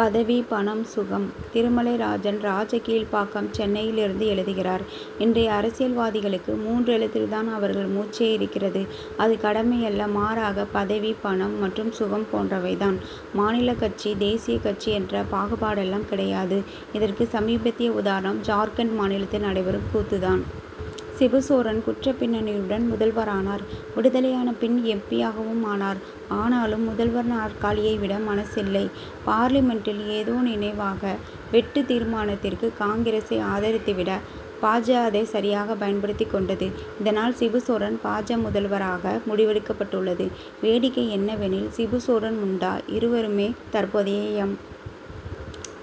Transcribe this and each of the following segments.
பதவி பணம் சுகம்! திருமலை ராஜன் ராஜகீழ்ப்பாக்கம் சென்னையிலிருந்து எழுதுகிறார் இன்றைய அரசியல்வாதிகளுக்கு மூன்றெழுத்தில் தான் அவர்கள் மூச்சே இருக்கிறது. அது கடமை அல்ல மாறாக பதவி பணம் மற்றும் சுகம் போன்றவை தான். மாநிலக் கட்சி தேசியக் கட்சி என்ற பாகுபாடெல்லாம் கிடையாது. இதற்கு சமீபத்திய உதாரணம் ஜார்க்கண்ட் மாநிலத்தில் நடைபெறும் கூத்து தான். சிபுசோரன் குற்றப்பின்னணியுடன் முதல்வரானார். விடுதலையான பின் எம். பி.யாகவும் ஆனார். ஆனாலும் முதல்வர் நாற்காலியை விட மனசில்லை. பார்லிமென்டில் ஏதோ நினைவாக வெட்டுத்தீர்மானத்திற்கு காங்கிரசை ஆதரித்து விட பா. ஜ. அதைச் சரியாகப் பயன்படுத்திக் கொண்டது. இதனால் சிபுசோரன் பா. ஜ. முதல்வராக முடிவெடுக்கப்பட்டுள்ளது. வேடிக்கை என்னவெனில் சிபுசோரன் முண்டா இருவருமே தற்போதைய எம்.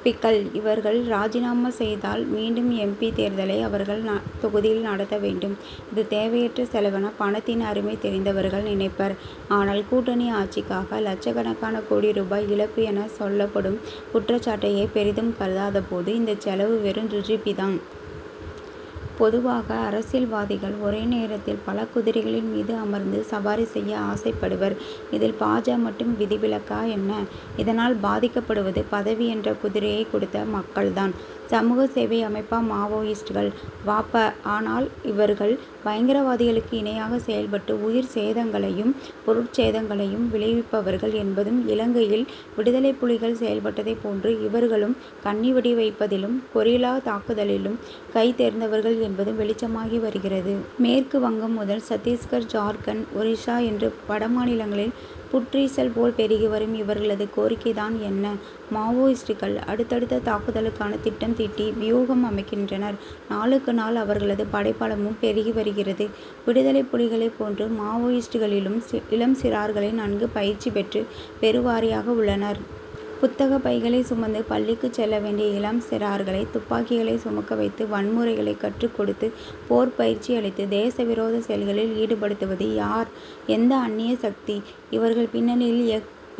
பி.க்கள். இவர்கள் ராஜினாமா செய்தால் மீண்டும் எம். பி. தேர்தலை அவர்கள் தொகுதியில் நடத்த வேண்டும். இது தேவையற்ற செலவென பணத்தின் அருமை தெரிந்தவர்கள் நினைப்பர். ஆனால் கூட்டணி ஆட்சிக்காக லட்சக்கணக்கான கோடி ரூபாய் இழப்பு என சொல்லப்படும் குற்றச்சாட்டையே பெரிதும் கருதாத போது இந்தச் செலவு வெறும் ஜுஜுபி தான். பொதுவாக அரசியல்வாதிகள் ஒரே நேரத்தில் பல குதிரைகளின் மீது அமர்ந்து சவாரி செய்ய ஆசைப்படுவர். இதில் பா. ஜ. மட்டும் விதிவிலக்கா என்ன? இதனால் பாதிக்கப்படுவது பதவி என்ற குதிரையைக் கொடுத்த மக்கள் தான்! சமூக சேவை அமைப்பா மாவோயிஸ்டுகள்? வ. ப. ஆனால் இவர்கள் பயங்கரவாதிகளுக்கு இணையாக செயல்பட்டு உயிர் சேதங்களையும் பொருட்சேதங்களையும் விளைவிப்பவர்கள் என்பதும் இலங்கையில் விடுதலைப்புலிகள் செயல்பட்டதைப் போன்று இவர்களும் கண்ணிவெடி வைப்பதிலும் கொரில்லா தாக்குதலிலும் கைதேர்ந்தவர்கள் என்பதும் வெளிச்சமாகி வருகிறது. மேற்கு வங்கம் முதல் சத்திஸ்கர் ஜார்க்கண்ட் ஒரிசா என்று வடமாநிலங்களில் புற்றீசல் போல் பெருகி வரும் இவர்களது கோரிக்கை தான் என்ன? மாவோயிஸ்டுகள் அடுத் தடுத்த தாக்குதலுக்கான திட்டம் தீட்டி வியூகம் அமைக்கின்றனர். நாளுக்கு நாள் அவர்களது படைபலமும் பெருகி வருகிறது. விடுதலைப் புலிகளைப் போன்று மாவோயிஸ்டுகளிலும் இளம் சிறார்களே நன்கு பயிற்சி பெற்று பெருவாரியாக உள்ளனர். புத்தகப் பைகளை சுமந்து பள்ளிக்குச் செல்ல வேண்டிய இளம் சிறார்களை துப்பாக்கிகளை சுமக்க வைத்து வன்முறைகளை கற்றுக் கொடுத்து போர் பயிற்சி அளித்து தேச விரோதச் செயல்களில் ஈடுபடுத்துவது யார் எந்த அன்னிய சக்தி இவர்கள் பின்னியில்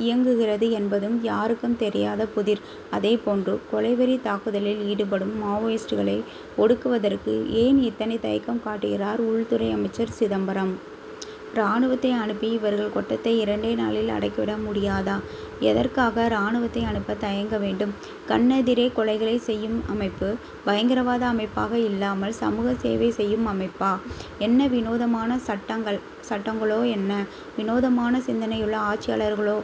இயங்குகிறது என்பதும் யாருக்கும் தெரியாத புதிர். அதேபோன்று கொலை வெறித் தாக்குதலில் ஈடுபடும் மாவோயிஸ்டுகளை ஒடுக்குவதற்கு ஏன் இத்தனை தயக்கம் காட்டுகிறார் உள்துறை அமைச்சர் சிதம்பரம். ராணுவத்தை அனுப்பி இவர்கள் கொட்டத்தை இரண்டே நாளில் அடக்கி விட முடியாதா? எதற்காக ராணுவத்தை அனுப்ப தயங்க வேண்டும்? கண்ணெதிரே கொலைகளைச் செய்யும் அமைப்பு பயங்கரவாத அமைப்பாக இல்லாமல் சமூக சேவை செய்யும் அமைப்பா? என்ன வினோதமான சட்டங்களோஎன்ன வினோதமான சிந்தனையுள்ள ஆட்சியாளர்களோ!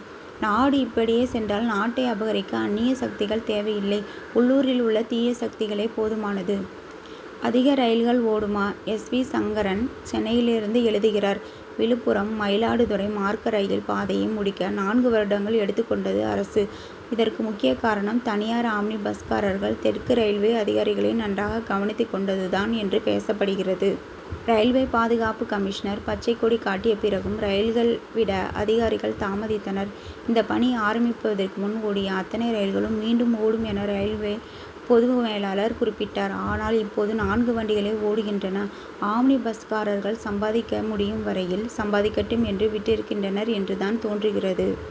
நாடு இப்படியே சென்றால் நாட்டை அபகரிக்க அன்னிய சக்திகள் தேவையில்லை உள்ளூரில் உள்ள தீய சக்திகளே போதுமானது. அதிக ரயில்கள் ஓடுமா? எஸ். வி. சங்கரன் சென்னையிலிருந்து எழுதுகிறார்: விழுப்புரம் மயிலாடுதுறை மார்க்க ரயில் பாதையை முடிக்க நான்கு வருடங்கள் எடுத்துக் கொண்டது அரசு. இதற்கு முக்கிய காரணம் தனியார் ஆம்னி பஸ்காரர்கள் தெற்கு ரயில்வே அதிகாரிகளை நன்றாக கவனித்துக் கொண்டது தான் என்று பேசப்படுகிறது. ரயில்வே பாதுகாப்பு கமிஷனர் பச்சை கொடி காட்டிய பிறகும் ரயில்கள் விட அதிகாரிகள் தாமதித்தனர். இந்தப்பணி ஆரம்பிப்பதற்கு முன் ஓடிய அத்தனை ரயில்களும் மீண்டும் ஓடும் என ரயில்வே பொது மேலாளர் குறிப்பிட்டார். ஆனால் இப்போது நான்கு வண்டிகளே ஓடுகின்றன. ஆம்னி பஸ்காரர்கள் சம்பாதிக்க முடியும் வரையில் சம்பாதிக்கட்டும் என்று விட்டிருக்கின்றனர் என்று தான் தோன்றுகிறது.